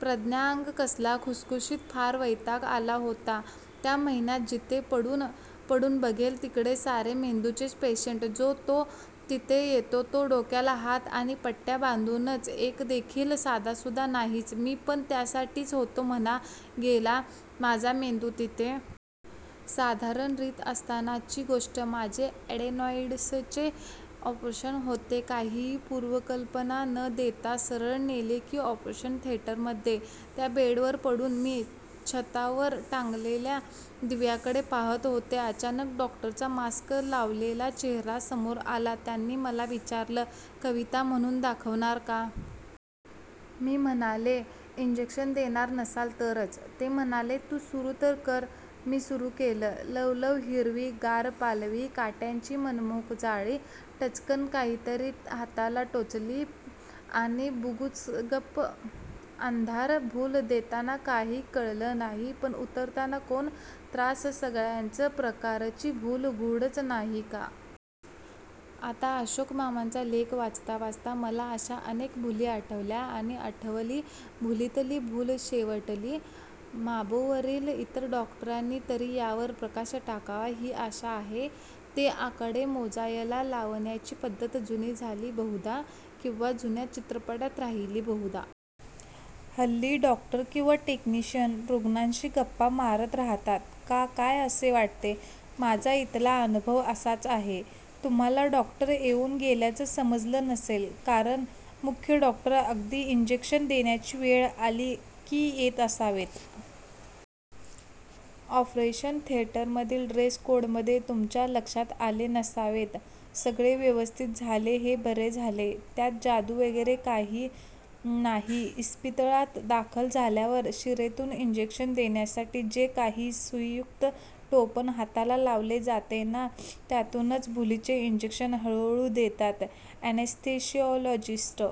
प्रज्ञाअगं कसला खुसखुशीत!!! फार वैताग आला होता त्या महिन्यात तिथे पडून पडूनबघेल तिकडे सारे मेंदूचेच पेशंटजो तो तिथे येतोतो डोक्याला हात आणि पट्ट्या बांधूनचएकदेखील साधासुधा नाहीच. मी पण त्यासाठीच होतो म्हणागेला माझा मेंदू तिथे. साधारण रीत असतानाची गोष्ट, माझे अॅडेनॉईड्सचे चे ऑपरेशन होते. काहीही पुर्वकल्पन न देता, सरळ नेले की ऑपरेशन थिएटरमध्ये.. त्या बेडवर पडून मी छ्तावर टांगलेल्या दिव्याकडे पहात होते, अचानक डॉक्टरचा मास्क लावलेला चेहरा समोर आला, त्यानी मला विचारलं, कविता म्हणून दाखवणार का? मी म्हणाले, ईंजेक्शन देणार नसाल तरच.. ते म्हणाले तू सुरु तर कर.. मी सुरु केलं'लव लव हिरवी, गार पालवी.. काट्यांची मनमोहक जाळी' टच्कन काहीतरी हाताला टोचले.. आणि बूगझपप.. अंधार.. भूल देताना काही कळलं नाही, पण उतरताना कोण त्राससगळ्याच प्रकारची भूल गूढच नाही का?? आता अशोक मामांचा लेख वाचता वाचता मला अशा अनेक भूली आठवल्या.. आणि आठवली.. 'भूलीतली भूल शेवटली'माबोवरील इतर डॉक्टरांनी तरी यावर प्रकाश टाकावा ही आशा आहे. ते आकडे मोजायला लावण्याची पद्धत जुनी झाली बहुदा किंवा जुन्या चित्रपटात राहिली बहुदा. हल्ली डॉ/ टेक्निशियन रुग्णाशी गप्पा मारत रहातात का काय असे वाटते! माझा इथला अनुभव असाच आहे. तुम्हाला डॉ येऊन गेल्याचं समजलं नसेल कारण मुख्य डॉ अगदी इंजेक्षन देण्याची वेळ आली की येत असावेत. ऑपरेशन थिएटरमधील ड्रेस कोडमध्ये तुमच्या लक्षात आले नसावेत. सगळे व्यवस्थित झाले हे बरे झाले. त्यात जादू वगैरे काही नाहीइस्पितळात दाखल झाल्यावर शीरेतून इंजेक्शन देण्यासाठी जे काही सुईयुक्त टोपण हाताला लावले जाते ना त्यातूनच भुलीचे इंजेक्शन हळूहळू देतात अॅनास्थेशिऑलॉजिस्ट.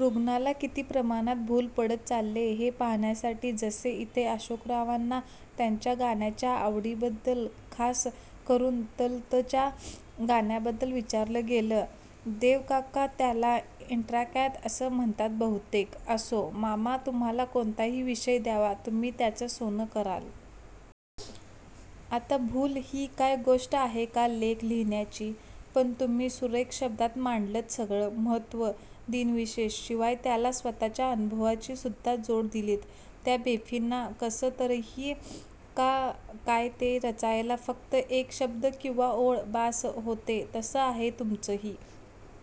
रुग्णाला किती प्रमाणात भूल पडत चाललेय हे पाहण्यासाठीजसे इथे अशोकरावांना त्यांच्या गाण्याच्या आवडीबद्दलखास करून तलतच्या गाण्याबद्दल विचारलं गेलं. देव काका त्याला ईंट्राकॅथ असं म्हणतात बहुतेक. असो, मामा तुम्हाला कोणताही विषय द्यावा तुम्ही त्याचं सोनं कराल. आता भूल ही काय गोष्ट आहे का लेख लिहिण्याची? पण तुम्ही सुरेख शब्दात मांडलत सगळं, महत्व, दिनविशेष शिवाय त्याला स्वत:च्या अनुभवाची सुद्धा जोड दिलित. त्या बेफींना कसं तरही का काय ते रचायला फक्त एक शब्द/ओळ बास होतेतसं आहे तुमचंही.